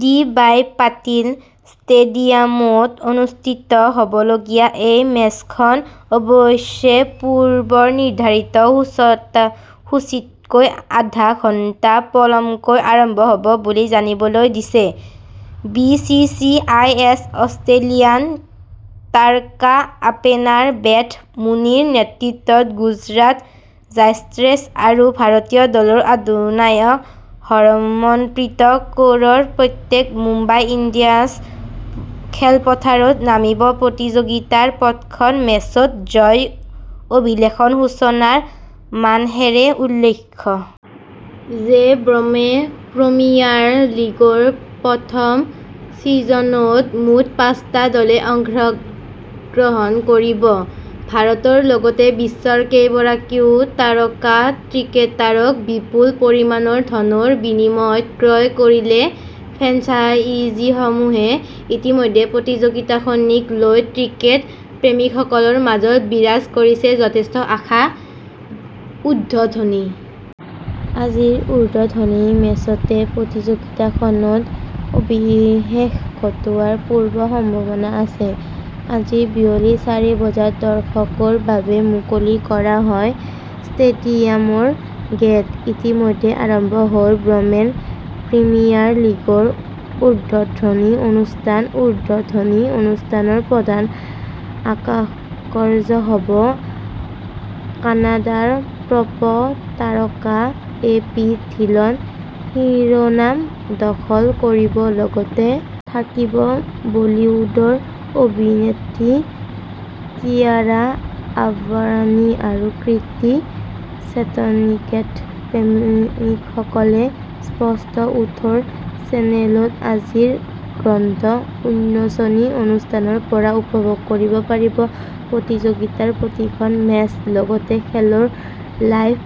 D Y Patil ষ্টেডিয়ামত অনুষ্ঠিত হ'বলগীয়া এই মেচখন অৱশ্যে পূৰ্ব নিৰ্ধাৰিত সূচীতকৈ আধা ঘণ্টা পলমকৈ আৰম্ভ হ'ব বুলি জানিবলৈ দিছে ।বি চি চি আই এ অষ্ট্ৰেলিয়ান তাৰকা অপেনাৰ বেথ মুনীৰ নেতৃত্বত গুজৰাট জায়েণ্টছ আৰু ভাৰতীয় দলৰ অধিনায়ক হৰমনপ্ৰীত কৌৰৰ নেতৃত্বত মুম্বাই ইণ্ডিয়ানছ খেলপথাৰত নামিব প্ৰতিযোগিতাৰ প্ৰথমখন মেচত জয়ৰ অভিলেখ সূচনাৰ মানসেৰে। উল্লেখ্য যে ৱমেন প্ৰিমিয়াৰ লীগৰ প্ৰথম ছিজনত মুঠ পাঁচটা দলে অংশ গ্ৰহণ কৰিব। ভাৰতৰ লগতে বিশ্বৰ কেইবাগৰাকীও তাৰকা ক্ৰিকেটাৰক বিপুল পৰিমাণৰ ধনৰ বিনিময়ত ক্ৰয় কৰিছে। ফ্ৰেঞ্চাইজিসমূহে ইতিমধ্যে প্ৰতিযোগিতাখনিক লৈ ক্ৰিকেট প্ৰেমীসকলৰ মাজত বিৰাজ কৰিছে যথেষ্ট আশা। উদ্বোধনী আজি উদ্বোধনী মেচতে প্ৰতিযোগিতাখনত অভিষেক ঘটোৱাৰ পূৰ্ণ সম্ভাৱনা আছে। আজি বিয়লি চাৰি বজাত দৰ্শকৰ বাবে মুকলি কৰা হয় ষ্টেডিয়ামৰ গেট। ইতিমধ্যে আৰম্ভ হৈছে ৱমেন প্ৰিমিয়াৰ লীগৰ উদ্বোধনী অনুষ্ঠান। উদ্বোধনী অনুষ্ঠানৰ প্ৰধান আকৰ্ষণ হ'ব কানাডাৰ পপ তাৰকা এ পি ধিলন শিৰোনাম দখল কৰিব। লগতে থাকিব বলীউডৰ অভিনেত্ৰী কিয়াৰা আদৱানী আৰু কৃতি শ্বেননক্ৰিকেট প্ৰেমীসকলে স্প্টছ ওঠৰ চেনেলত আজিৰ গ্ৰেণ্ড উন্মোচনী অনুষ্ঠানৰ পৰাই উপভোগ কৰিব পাৰিব প্ৰতিযোগিতাৰ প্ৰতিখন মেচ। লগতে খেলৰ লাইভ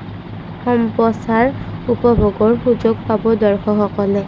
সম্প্ৰচাৰ উপভোগৰ সুযোগ পাব দৰ্শকসকলে।